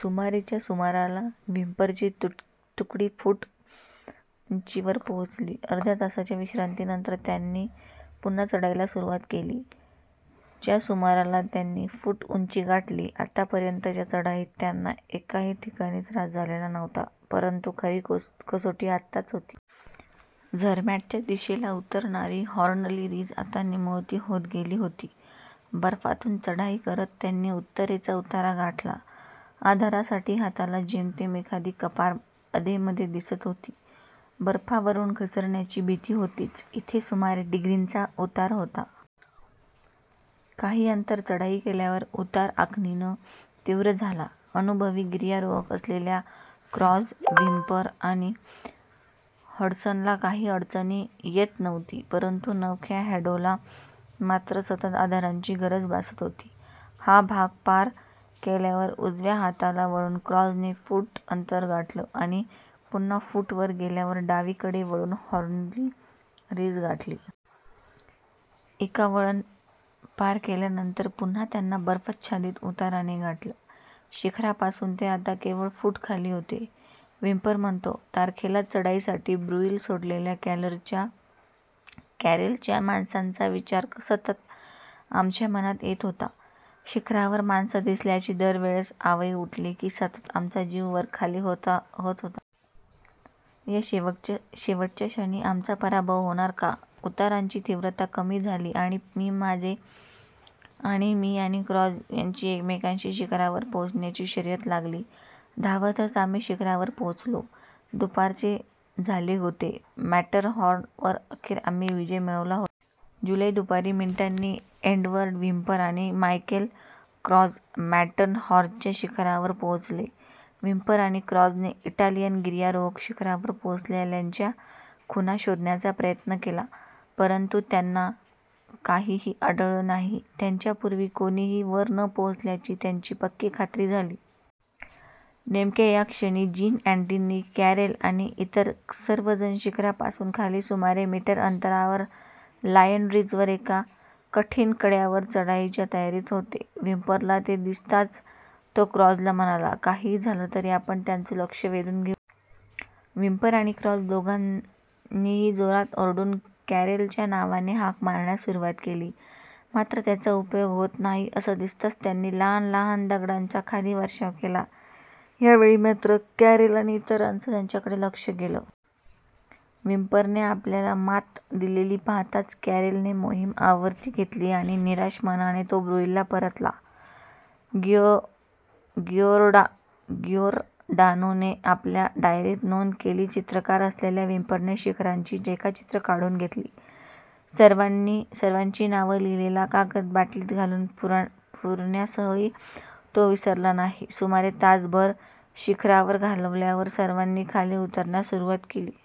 सुमारे. च्या सुमाराला व्हिम्परची तुकडी फूट उंचीवर पोहोचली. अर्ध्या तासाच्या विश्रांतीनंतर त्यांनी पुन्हा चढाईला सुरवात केली. च्या सुमाराला त्यांनी फूट उंची गाठली. आतापर्यंतच्या चढाईत त्यांना एकाही ठिकाणी त्रास झालेला नव्हता. परंतु खरी कसोटी आताच होती. झरमॅटच्या दिशेला उतरणारी हॉर्नली रिज आता निमुळती होत गेली होती. बर्फातून चढाई करत त्यांनी उत्तरेचा उतार गाठला. आधारासाठी हाताला जेमतेम एखादी कपार अधेमधे दिसत होती. बर्फावरून घसरण्याची भीती होतीच. इथे सुमारे डिग्रीचा उतार होता. काही अंतर चढाई केल्यावर उतार आणखीन तीव्र झाला. अनुभवी गिर्यारोहक असलेल्या क्रॉझ, व्हिम्पर आणि हडसनला काही अडचण येत नव्हती. परंतु नवख्या हॅडोला मात्र सतत आधाराची गरज भासत होती. हा भाग पार केल्यावर उजव्या हाताला वळून क्रॉझने फूट अंतर गाठलं आणि पुन्हा फूट वर गेल्यावर डावीकडे वळून हॉर्नली रिज गाठली. एका वळण पार केल्यावर पुन्हा त्यांना बर्फाच्छादीत उताराने गाठलं. शिखरापासून ते आता केवळ फूट खाली होते! व्हिम्पर म्हणतो," तारखेलाच चढाईसाठी ब्रुईल सोडलेल्या कॅरेलच्या माणसांचा विचार सतत आमच्या मनात येत होता. शिखरावर माणसं दिसल्याची दर वेळेस आवई उठली की सतत आमचा जीव वरखाली होत होता! या शेवटच्या क्षणी आमचा पराभव होणार का? उताराची तीव्रता कमी झाली आणि मी आणि क्रॉझ यांची एकमेकाशी शिखरावर पोहोचण्याची शर्यत लागली. धावतच आम्ही शिखरावर पोहोचलो! दुपारचे. झाले होते! मॅटरहॉर्न वर अखेर आम्ही विजय मिळवला होता! " जुलै दुपारी. मिनीटांनी एडवर्ड व्हिंपर आणि मायकेल क्रॉझ मॅटरहॉर्नच्या शिखरावर पोहोचले! व्हिम्पर आणि क्रॉझने इटालियन गिर्यारोहक शिखरावर पोहोचल्याच्या खुणा शोधण्याचा प्रयत्न केला, परंतु त्यांना काहीही आढळलं नाही! त्यांच्या पूर्वी कोणीही वर न पोहोचल्याची त्यांची पक्की खात्री झाली! नेमक्या या क्षणी जीन अँटनी कॅरेल आणि इतर सर्वजण शिखरापासून खाली सुमारे मीटर अंतरावर लायन रिजवर एका कठीण कड्यावर चढाईच्या तयारीत होते. व्हिम्परला ते दिसताच तो क्रॉझला म्हणाला," काहीही झालं तरी आपण त्यांचं लक्षं वेधून घेऊ! "व्हिम्पर आणि क्रॉझ दोघांनीही जोरात ओरडून कॅरेलच्या नावाने हाका मारण्यास सुरवात केली. मात्र त्याचा उपयोग होत नाही असं दिसताच त्यांनी लहान लहान दगडांचा खाली वर्षाव केला. यावेळी मात्र कॅरेल आणि इतरांचं त्यांच्याकडे लक्षं गेलं! व्हिम्परने आपल्याला मात दिलेली पाहताच कॅरेलने मोहीम आवरती घेतली आणि निराश मनाने तो ब्रुईलला परतला. गिओर्डानोने आपल्या डायरीत नोंद केली, चित्रकार असलेल्या व्हिम्परने शिखराची रेखाचित्रं काढून घेतली. सर्वांची नावं लिहीलेला कागद बाटलीत घालून पुरण्यासही तो विसरला नाही! सुमारे तासभर शिखरावर घालवल्यावर सर्वांनी खाली उतरण्यास सुरवात केली.